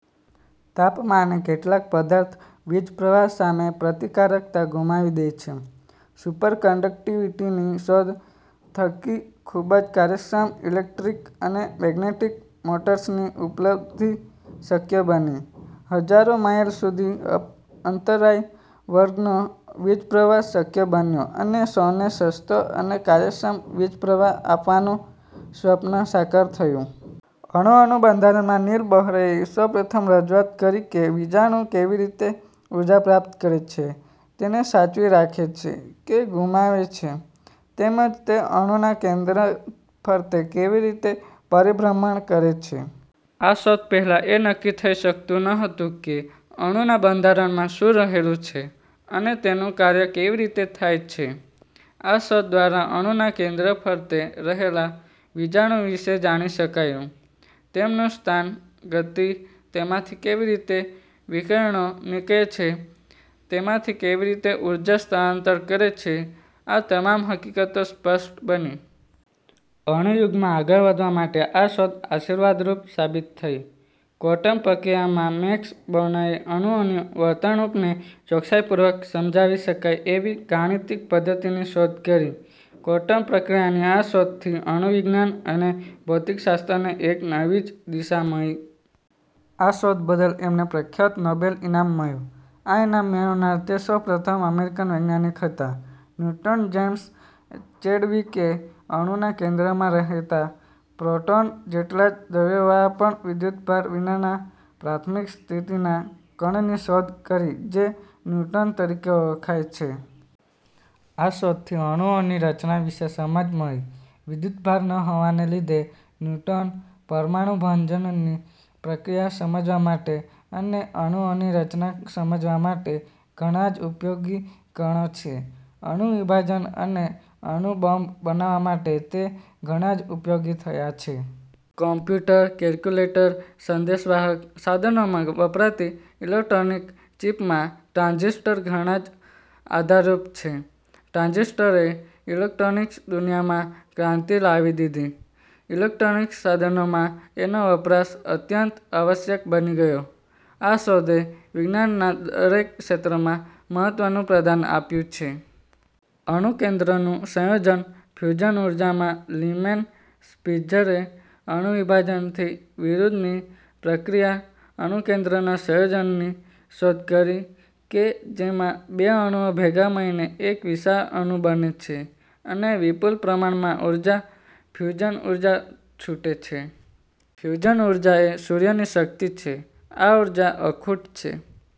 તાપમાને કેટલાક પદાર્થ વીજપ્રવાહ સામે પ્રતિકારકતા ગુમાવી દે છે. સુપર કંડકટીવીટીની શોધ થકી ખુબ જ કાર્યક્ષમ ઇલેક્ટ્રિક અને મેગ્નેટિક મોટર્સની ઉપલબ્ધી શક્ય બની. હજારો માઈલ સુધી અંતરાય વગરનો વીજપ્રવાહ શક્ય બન્યો અને સૌને સસ્તો અને કાર્યક્ષમ વીજપ્રવાહ આપવાનું સ્વપ્ન સાકાર થયું. અણુઓનું બંધારણ માં નીલ બોહરએ સૌપ્રથમ રજૂઆત કરી કે વિજાણુ કેવી રીતે ઊર્જા પ્રાપ્ત કરે છે, તેને સાચવી રાખે છે કે ગુમાવે છે તેમજ તે અણુના કેન્દ્ર ફરતે કેવી રીતે પરિભ્રમણ કરે છે. આ શોધ પહેલાં એ નક્કી થઇ શકતું નહોતું કે અણુના બંધારણમાં શું રહેલું છે અને તેનું કાર્ય કેવી રીતે થાય છે. આ શોધ દ્વારા અણુના કેન્દ્ર ફરતે રહેલા વિજાણુ વિષે જાણી શકાયું. તેમનું સ્થાન, ગતિ, તેમાંથી કેવી રીતે વિકિરણો નીકળે છે, તેમાંથી કેવી રીતે ઊર્જા સ્થળાંતર કરે છે આ તમામ હકીકતો સ્પષ્ટ બની. અણુયુગમાં આગળ વધવા માટે આ શોધ આશીર્વાદરૂપ સાબિત થઇ. ક્વોન્ટમ પ્રક્રિયા માં મેક્સ બોર્નએ અણુઓની વર્તણુકને ચોકસાઈપૂર્વક સમજાવી શકાય એવી ગાણિતિક પધ્ધતિની શોધ કરી. ક્વોન્ટમ પ્રક્રિયાની આ શોધથી અણુવિજ્ઞાન અને ભૌતિકશાસ્ત્રને એક નવી જ દિશા મળી. આ શોધ બદલ એમને પ્રખ્યાત નોબેલ ઇનામ મળ્યું. આ ઇનામ મેળવનાર તે સૌપ્રથમ અમેરિકન વૈજ્ઞાનિક હતા. ન્યુટ્રોન જેમ્સ ચેડવિકએ અણુના કેન્દ્રમાં રહેતા પ્રોટૉન જેટલા જ દ્રવ્યવાળા પણ વિદ્યુતભાર વિનાના પ્રાથમિક સ્થિતિના કણની શોધ કરી જે ન્યુટ્રોન તરીકે ઓળખાય છે. આ શોધથી અણુઓની રચના વિષે સમજ મળી. વિદ્યુતભાર ન હોવાને લીધે ન્યુટ્રોન, પરમાણુભંજનની પ્રક્રિયા સમજવા માટે અને અણુઓની રચના સમજવા માટે ઘણા જ ઉપયોગી કણો છે. અણુ વિભાજન અને અણુ બોમ્બ બનાવવા માટે તે ઘણા જ ઉપયોગી થયા છે. કોમ્પ્યુટર, કેલ્ક્યુલેટર, સંદેશવાહક સાધનોમાં વપરાતી ઈલેક્ટ્રોનિક ચીપમાં ટ્રાન્ઝીસ્ટર ઘણા જ આધારરૂપ છે. ટ્રાન્ઝીસ્ટરએ ઈલેક્ટ્રોનિકસની દુનિયામાં ક્રાંતિ લાવી દીધી. ઈલેક્ટ્રોનિકસ સાધનોમાં એનો વપરાશ અત્યંત આવશ્યક બની ગયો. આ શોધે વિજ્ઞાનના દરેક ક્ષેત્રમાં મહત્વનું પ્રદાન આપ્યું છે. અણુકેન્દ્રનું સંયોજન ફ્યુઝન ઊર્જા માં લીમેન સ્પીત્ઝરએ અણુવિભાજનથી વિરુદ્ધની પ્રક્રિયા અણુકેન્દ્રના સંયોજનની શોધ કરી કે જેમાં બે અણુઓ ભેગા મળીને એક વિશાળ અણુ બને છે અને વિપુલ પ્રમાણમાં ઊર્જા ફ્યુઝન ઊર્જા છૂટે છે. ફ્યુઝન ઊર્જા એ સૂર્યની શક્તિ છે. આ ઊર્જા અખૂટ છે।